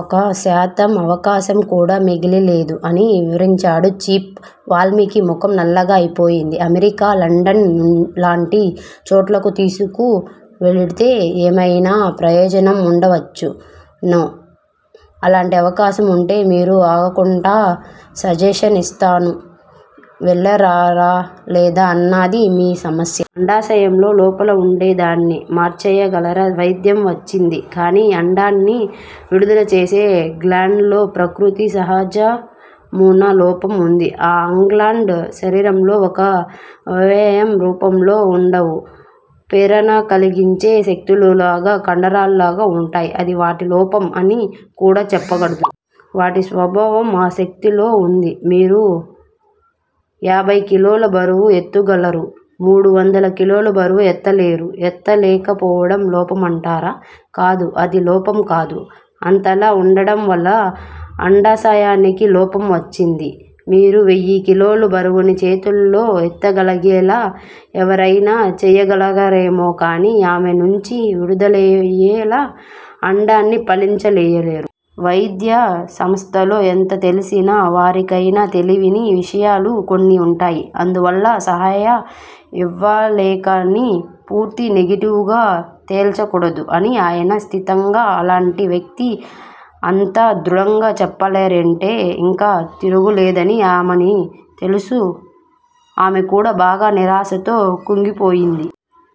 ఒక్క శాతం అవకాశం కూడా మిగిలి లేదు అని వివరించాడు చీఫ్! వాల్మీకి ముఖం నల్లగా అయిపొయింది. అమెరికా లండన్ లాంటి చోట్లకు తీసుకు వెళితే ఏమయినా ప్రయోజనం వుండవచ్చు నో! అలాంటి అవకాశం వుంటే మీరు అడగకుండా సజెషన్ ఇచ్చేస్తాను. వెళ్ళరార లేదా అన్నది మీ సమస్య. అండాశయంలో లోపం వుంటే దాన్ని మార్చేయగల వైద్యం వచ్చింది. కాని అండాన్ని విడుదల చేసే గ్లాండ్స్ లో ప్రకృతి సహజమయిన లోపం ఉంది. ఆ గ్లాండ్స్ శరీరంలో ఒక అవయవం రూపంలో వుండవు. ప్రేరణకలిగించే శక్తులుగా కండరాలుగా ఉంటాయి. అది వాటి లోపం అని కూడ చెప్పకూడదు. వాటి స్వభావం ఆ స్థాయిలో ఉంది! మీరు యాభై కిలోల బరువు ఎత్తగలరు. మూడు వందల కిలోల బరువు ఎత్తలేరు. ఎత్తలేక పోవడం లోపమంటారా? కాదు అది లోపం కాదు. అదలా వుండడంవల్ల అండాశయానికి లోపం వచ్చింది. మీరు వెయ్యి కిలోల బరువుని చేతితో ఎత్తగలిగేలా ఎవరయినా చేయగలరేమోకాని ఆమె నించి విడుదలయే అండాన్ని ఫలింపచేయలేరు. వైద్య శాస్త్రంలో ఎంత తెలిసిన వారికయినా తెలియని విషయాలు కొన్ని వుంటాయి. అందువల్ల సలహా యివ్వాలేకాని పూర్తి నెగెటివ్ గా తేల్చకూడదు అని ఆయన సిద్ధాంతం. అలాంటి వ్యక్తి అంత దృఢంగా చెప్పారంటే ఇంక తిరుగులేదని అమనికి తెలుసు! ఆమె కూడ బాగా నిరాశతో కుంగిపోయింది.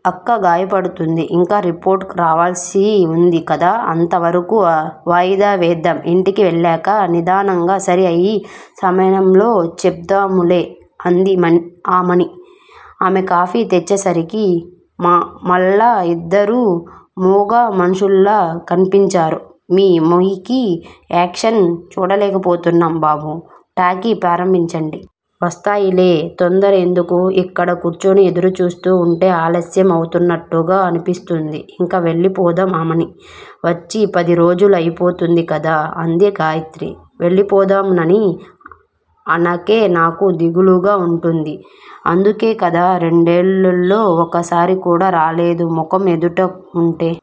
అక్క గాయపడుతుంది. ఇంకా రిపోర్టు రావాల్సి వుంది కదా! అంతవరకూ వాయిదా వేద్దాం! ఇంటికి వెళ్ళాక నిదానంగా సరి అయిన సమయంలో చెప్దువులే! అంది ఆమని. ఆమె కాఫీ తెచ్చేసరికి మళ్ళా యిద్దరూ మూగ మనుషుల్లా కన్పించారు. మీ మూకీ యాక్షన్ చూడలేకపోతున్నాం బాబూ! టాకీ ప్రారంభించండి. వస్తాయిలే తొందర ఎందుకు? ఇక్కడ కూర్చుని ఎదురుచూస్తూ వుంటే ఆలస్యం అవుతున్నట్టుగా అనిపిస్తుంది. ఇంక వెళ్ళిపోతాం ఆమనీ! వచ్చి పది రోజులు అయిపొయింది కదా? అంది గాయత్రి. వెళ్ళిపోతానని అనకే నాకు దిగులుగా వుంటుంది. అందుకే కదా రెండేళ్ళలో ఒక్కసారి కూడా రాలేదు. ముఖం ఎదుట వుంటే